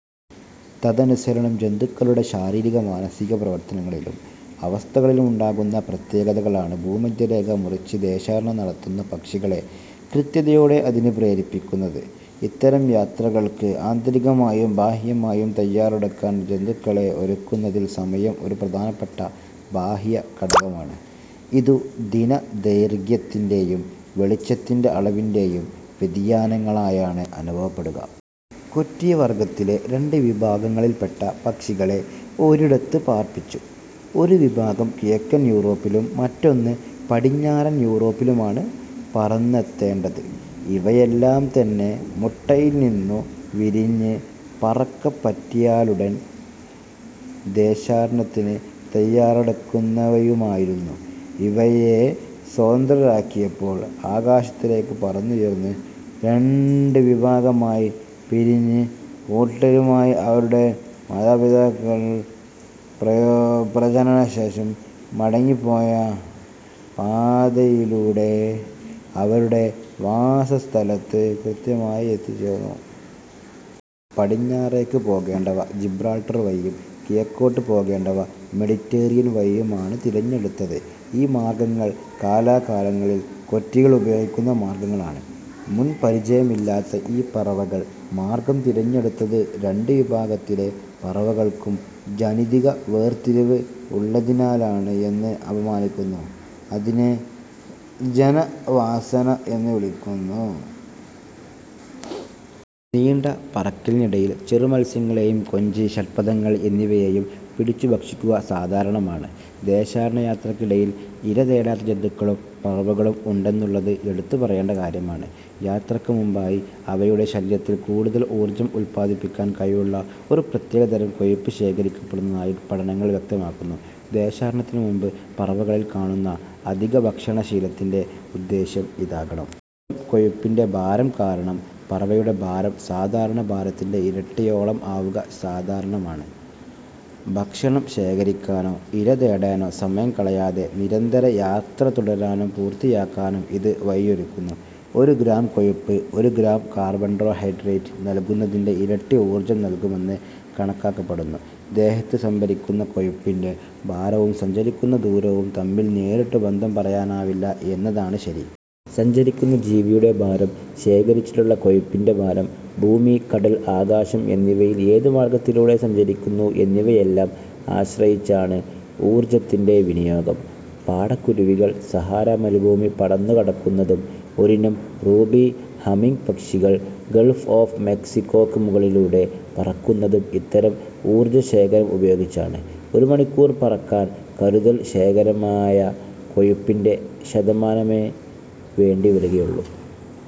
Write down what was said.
തദനുസരണം ജന്തുക്കളുടെ ശാരീരിക മാനസിക പ്രവർത്തനങ്ങളിലും അവസ്ഥകളിലും ഉണ്ടാകുന്ന പ്രത്യേകതകളാണ് ഭൂമധ്യരേഖ മുറിച്ച് ദേശാടനം നടത്തുന്ന പക്ഷികളെ കൃത്യതയോടെ അതിന് പ്രേരിപ്പിക്കുന്നത്. ഇത്തരം യാത്രകൾക്ക് ആന്തരികമായും ബാഹ്യമായും തയ്യാറെടുക്കാൻ ജന്തുക്കളെ ഒരുക്കുന്നതിൽ സമയം ഒരു പ്രധാനപ്പെട്ട ബാഹ്യഘടകമാണ്. ഇതും ദിനദൈർഘ്യത്തിന്റെയും വെളിച്ചത്തിന്റെ അളവിന്റെയും വ്യതിയാനങ്ങളായാണ് അനുഭവപ്പെടുക. കൊറ്റി വർഗത്തിലെ രണ്ട് വിഭാഗങ്ങളിൽപ്പെട്ട പക്ഷികളെ ഒരിടത്ത് പാർപ്പിച്ചു. ഒരു വിഭാഗം കിഴക്കൻ യൂറോപ്പിലും മറ്റൊന്ന് പടിഞ്ഞാറൻ യൂറോപ്പിലുമാണ് പറന്നെത്തേണ്ടത്. ഇവയെല്ലാംതന്നെ മുട്ടയിൽനിന്നു വിരിഞ്ഞ് പറക്കപറ്റിയാലുടൻ ദേശാടനത്തിന് തയ്യാറെടുക്കുന്നവയുമായിരുന്നു. ഇവയെ സ്വതന്ത്രരാക്കിയപ്പോൾ ആകാശത്തിലേക്കു പറന്നുയർന്ന് രണ്ട് വിഭാഗമായി പിരിഞ്ഞ് കൂട്ടമായി അവരവരുടെ മാതാപിതാക്കൾ പ്രജനനശേഷം മടങ്ങിപ്പോയ പാതയിലൂടെ അവരുടെ വാസസ്ഥലത്ത് കൃത്യമായി എത്തിച്ചേർന്നു. പടിഞ്ഞാറേക്ക് പോകേണ്ടവ ജിബ്രാൾട്ടർ വഴിയും കിഴക്കോട്ട് പോകേണ്ടവ മെഡിറ്ററേനിയൻ വഴിയും ആണ് തിരഞ്ഞെടുത്തത്. ഈ മാർഗങ്ങൾ കാലാകാലങ്ങളിൽ കൊറ്റികൾ ഉപയോഗിക്കുന്ന മാർഗങ്ങളാണ്. മുൻപരിചയമില്ലാത്ത ഈ പറവകൾ മാർഗ്ഗം തിരഞ്ഞെടുത്തത് രണ്ട് വിഭാഗത്തിലെ പറവകൾക്കും ജനിതക വേർതിരിവ് ഉള്ളതിനാലാണ് എന്ന് അനുമാനിക്കുന്നു. അതിനെ ജന്മവാസന എന്നു വിളിക്കുന്നു. നീണ്ട പറക്കലിനിടയിൽ ചെറുമത്സ്യങ്ങളെയും കൊഞ്ച്, ഷഡ്പദങ്ങൾ എന്നിവയെയും പിടിച്ചുഭക്ഷിക്കുക സാധാരണമാണ്. ദേശാടനയാത്രയ്ക്കിടയിൽ ഇരതേടാത്ത ജന്തുക്കളും പറവകളും ഉണ്ടെന്നുള്ളത് എടുത്തുപറയേണ്ട കാര്യമാണ്. യാത്രയ്ക്കുമുമ്പായി അവയുടെ ശരീരത്തിൽ കൂടുതൽ ഊർജ്ജം ഉത്പാദിപ്പിക്കാൻ കഴിവുള്ള ഒരു പ്രത്യേകതരം കൊഴുപ്പ് ശേഖരിക്കപ്പെടുന്നതായി പഠനങ്ങൾ വ്യക്തമാക്കുന്നു. ദേശാടനത്തിനുമുമ്പ് പറവകളിൽ കാണുന്ന അധികഭക്ഷണശീലത്തിന്റെ ഉദ്ദേശ്യം ഇതാകണം. ഇത്തരം കൊഴുപ്പിന്റെ ഭാരംകാരണം പറവയുടെ ഭാരം സാധാരണ ഭാരത്തിന്റെ ഇരട്ടിയോളം ആവുക സാധാരണമാണ്. ഭക്ഷണം ശേഖരിക്കാനോ ഇരതേടാനോ സമയം കളയാതെ നിരന്തര യാത്ര തുടരാനും പൂർത്തിയാക്കാനും ഇത് വഴിയൊരുക്കുന്നു. ഒരു ഗ്രാം കൊഴുപ്പ് ഒരു ഗ്രാം കാർബോഹൈഡ്രേറ്റ് നല്കുന്നതിന്റെ ഇരട്ടി ഊർജ്ജം നല്കുമെന്ന് കണക്കാക്കപ്പെടുന്നു. ദേഹത്ത് സംഭരിക്കുന്ന കൊഴുപ്പിന്റെ ഭാരവും സഞ്ചരിക്കുന്ന ദൂരവും തമ്മിൽ നേരിട്ടു ബന്ധം പറയാനാവില്ല എന്നതാണ് ശരി. സഞ്ചരിക്കുന്ന ജീവിയുടെ ഭാരം, ശേഖരിച്ചിട്ടുള്ള കൊഴുപ്പിന്റെ ഭാരം, ഭൂമി-കടൽ-ആകാശം എന്നിവയിൽ ഏതു മാർഗ്ഗത്തിലൂടെ സഞ്ചരിക്കുന്നു എന്നിവയെയെല്ലാം ആശ്രയിച്ചാണ് ഊർജ്ജത്തിന്റെ വിനിയോഗം. പാടക്കുരുവികൾ സഹാറാ മരുഭൂമി പറന്നുകടക്കുന്നതും ഒരിനം റൂബി ഹമ്മിങ് പക്ഷികൾ ഗൾഫ് ഒഫ് മെക്സിക്കോയ്ക്ക് മുകളിലൂടെ പറക്കുന്നതും ഇത്തരം ഊർജശേഖരം ഉപയോഗിച്ചാണ്. ഒരു മണിക്കൂർ പറക്കാൻ കരുതൽ ശേഖരമായ കൊഴുപ്പിന്റെ ശതമാനമേ വേണ്ടിവരികയുള്ളൂ.